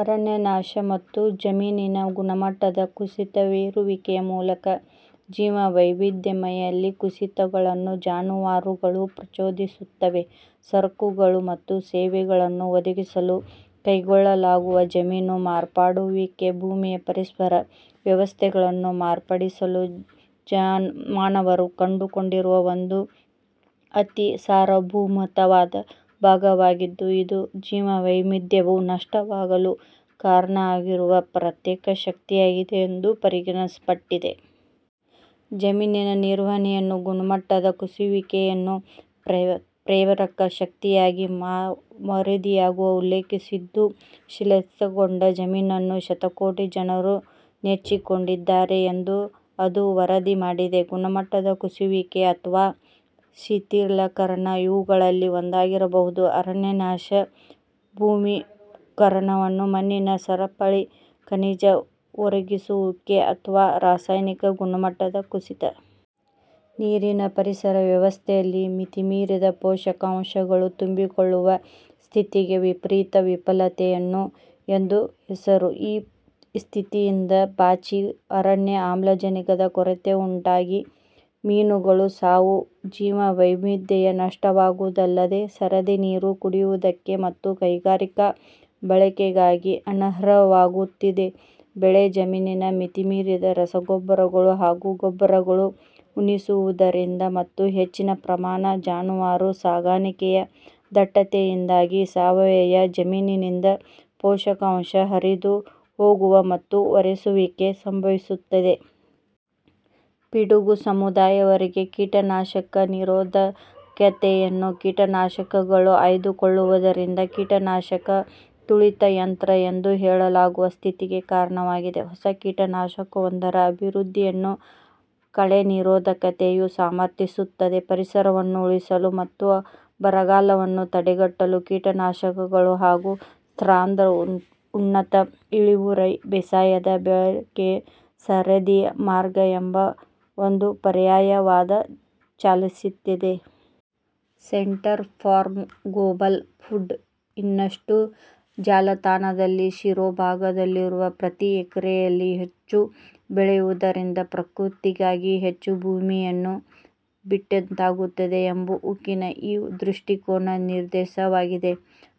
ಅರಣ್ಯನಾಶ ಮತ್ತು ಜಮೀನಿನ ಗುಣಮಟ್ಟದ ಕುಸಿಯುವಿಕೆಯ ಮೂಲಕ, ಜೀವವೈವಿಧ್ಯದಲ್ಲಿನ ಕುಸಿತಗಳನ್ನೂ ಜಾನುವಾರುಗಳು ಪ್ರಚೋದಿಸುತ್ತಿವೆ. ಸರಕುಗಳು ಮತ್ತು ಸೇವೆಗಳನ್ನು ಒದಗಿಸಲು ಕೈಗೊಳ್ಳಲಾಗುವ ಜಮೀನಿನ ಮಾರ್ಪಡಿಸುವಿಕೆಯು ಭೂಮಿಯ ಪರಿಸರ ವ್ಯವಸ್ಥೆಗಳನ್ನು ಮಾರ್ಪಡಿಸಲು ಮಾನವರು ಕಂಡುಕೊಂಡಿರುವ ಒಂದು ಅತಿ ಸಾರಭೂತವಾದ ಮಾರ್ಗವಾಗಿದ್ದು, ಇದು ಜೀವವೈವಿಧ್ಯವು ನಷ್ಟವಾಗಲು ಕಾರಣವಾಗುವ ಪ್ರೇರಕಶಕ್ತಿಯಾಗಿದೆ ಎಂದು ಪರಿಗಣಿಸಲ್ಪಟ್ಟಿದೆ. ಜಮೀನು ನಿರ್ವಹಣೆಯನ್ನು ಗುಣಮಟ್ಟ ಕುಸಿಯುವಿಕೆಯ ಪ್ರೇರಕ ಶಕ್ತಿಯಾಗಿ ವರದಿಯು ಉಲ್ಲೇಖಿಸಿದ್ದು, ಶಿಥಿಲಗೊಂಡ ಜಮೀನನ್ನೇ ಶತಕೋಟಿ ಜನರು ನೆಚ್ಚಿಕೊಂಡಿದ್ದಾರೆ ಎಂದು ಅದು ವರದಿ ಮಾಡಿದೆ. ಗುಣಮಟ್ಟ ಕುಸಿಯುವಿಕೆ ಅಥವಾ ಶಿಥಿಲೀಕರಣವು ಇವುಗಳಲ್ಲಿ ಒಂದಾಗಿರಬಹುದು: ಅರಣ್ಯನಾಶ, ಮರುಭೂಮೀಕರಣ, ಮಣ್ಣಿನ ಸವಕಳಿ, ಖನಿಜ ಬರಿದಾಗುವಿಕೆ, ಅಥವಾ ರಾಸಾಯನಿಕ ಗುಣಮಟ್ಟ ಕುಸಿತ. ನೀರಿನ ಪರಿಸರ ವ್ಯವಸ್ಥೆಗಳಲ್ಲಿ ಮಿತಿಮೀರಿದ ಪೋಷಕಾಂಶಗಳು ತುಂಬಿಕೊಳ್ಳುವ ಸ್ಥಿತಿಗೆ ವಿಪರೀತ ಫಲವತ್ತತೆ ಎಂದು ಹೆಸರು. ಈ ಸ್ಥಿತಿಯಿಂದಾಗಿ, ಪಾಚಿ ಅರಳಿ ಆಮ್ಲಜನಕದ ಕೊರತೆಯುಂಟಾಗಿ ಮೀನುಗಳ ಸಾವು, ಜೀವವೈವಿಧ್ಯದ ನಷ್ಟವಾಗುವುದಲ್ಲದೆ, ಸದರಿ ನೀರು ಕುಡಿಯುವುದಕ್ಕೆ ಮತ್ತು ಕೈಗಾರಿಕಾ ಬಳಕೆಗಳಿಗಾಗಿ ಅನರ್ಹವಾಗುವಂತಾಗುತ್ತದೆ. ಬೆಳೆ ಜಮೀನಿಗೆ ಮಿತಿಮೀರಿದ ರಸಗೊಬ್ಬರಗಳು ಹಾಗೂ ಗೊಬ್ಬರವನ್ನು ಉಣಿಸುವುದರಿಂದಾಗಿ ಮತ್ತು ಹೆಚ್ಚಿನ ಪ್ರಮಾಣದ ಜಾನುವಾರು ಸಾಕಣೆಯ ದಟ್ಟಣೆಯಿಂದಾಗಿ, ವ್ಯಾವಸಾಯಿಕ ಜಮೀನಿನಿಂದ ಪೋಷಕಾಂಶದ ಹರಿದು ಹೋಗುವಿಕೆ ಮತ್ತು ಒಸರುವಿಕೆಯು ಸಂಭವಿಸುತ್ತದೆ. ಪಿಡುಗು ಸಮುದಾಯದಲ್ಲಿನ ಕೀಟನಾಶಕ ನಿರೋಧಕತೆಯನ್ನು ಕೀಟನಾಶಕಗಳು ಆಯ್ದುಕೊಳ್ಳುವುದರಿಂದ 'ಕೀಟನಾಶಕ ತುಳಿತಯಂತ್ರ' ಎಂದು ಹೇಳಲಾಗುವ ಸ್ಥಿತಿಗೆ ಕಾರಣವಾಗಿ, ಹೊಸ ಕೀಟನಾಶಕವೊಂದರ ಅಭಿವೃದ್ಧಿಯನ್ನು ಕಳೆ ನಿರೋಧಕತೆಯು ಸಮರ್ಥಿಸುತ್ತದೆ. 'ಪರಿಸರವನ್ನು ಉಳಿಸಲು' ಮತ್ತು ಬರಗಾಲವನ್ನು ತಡೆಗಟ್ಟಲು ಕೀಟನಾಶಕಗಳು ಹಾಗೂ ಸಾಂದ್ರ ಉನ್ನತ ಇಳುವರಿಯ ಬೇಸಾಯದ ಬಳಕೆಯೇ ಸರಿಯಾದ ಮಾರ್ಗ ಎಂಬ ಒಂದು ಪರ್ಯಾಯ ವಾದವೂ ಚಾಲ್ತಿಯಲ್ಲಿದೆ. ಸೆಂಟರ್ ಫಾರ್ ಗ್ಲೋಬಲ್ ಫುಡ್ ಇಷ್ಯೂಸ್ನ ಜಾಲತಾಣದ ಶಿರೋಭಾಗದಲ್ಲಿರುವ 'ಪ್ರತಿ ಎಕರೆಯಲ್ಲಿ ಹೆಚ್ಚು ಬೆಳೆಯುವುದರಿಂದ ಪ್ರಕೃತಿಗಾಗಿ ಹೆಚ್ಚು ಭೂಮಿಯನ್ನು ಬಿಟ್ಟಂತಾಗುತ್ತದೆ' ಎಂಬ ಉಕ್ತಿಯು ಈ ದೃಷ್ಟಿಕೋನಕ್ಕೆ ನಿದರ್ಶನವಾಗಿದೆ.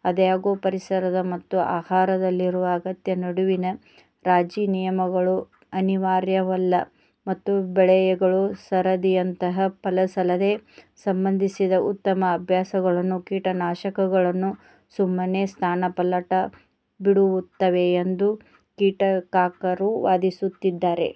ಆದಾಗ್ಯೂ, ಪರಿಸರದ ಮತ್ತು ಆಹಾರಕ್ಕಾಗಿರುವ ಅಗತ್ಯದ ನಡುವಿನ ರಾಜಿ-ವಿನಿಮಯವು ಅನಿವಾರ್ಯವಲ್ಲ, ಮತ್ತು ಬೆಳೆಗಳ ಸರದಿಯಂಥ ಫಸಲಿಗೆ ಸಂಬಂಧಿಸಿದ ಉತ್ತಮ ಅಭ್ಯಾಸಗಳನ್ನು ಕೀಟನಾಶಕಗಳು ಸುಮ್ಮನೇ ಸ್ಥಾನಪಲ್ಲಟಮಾಡಿಬಿಡುತ್ತವೆ ಎಂದು ಟೀಕಾಕಾರರು ವಾದಿಸುತ್ತಾರೆ.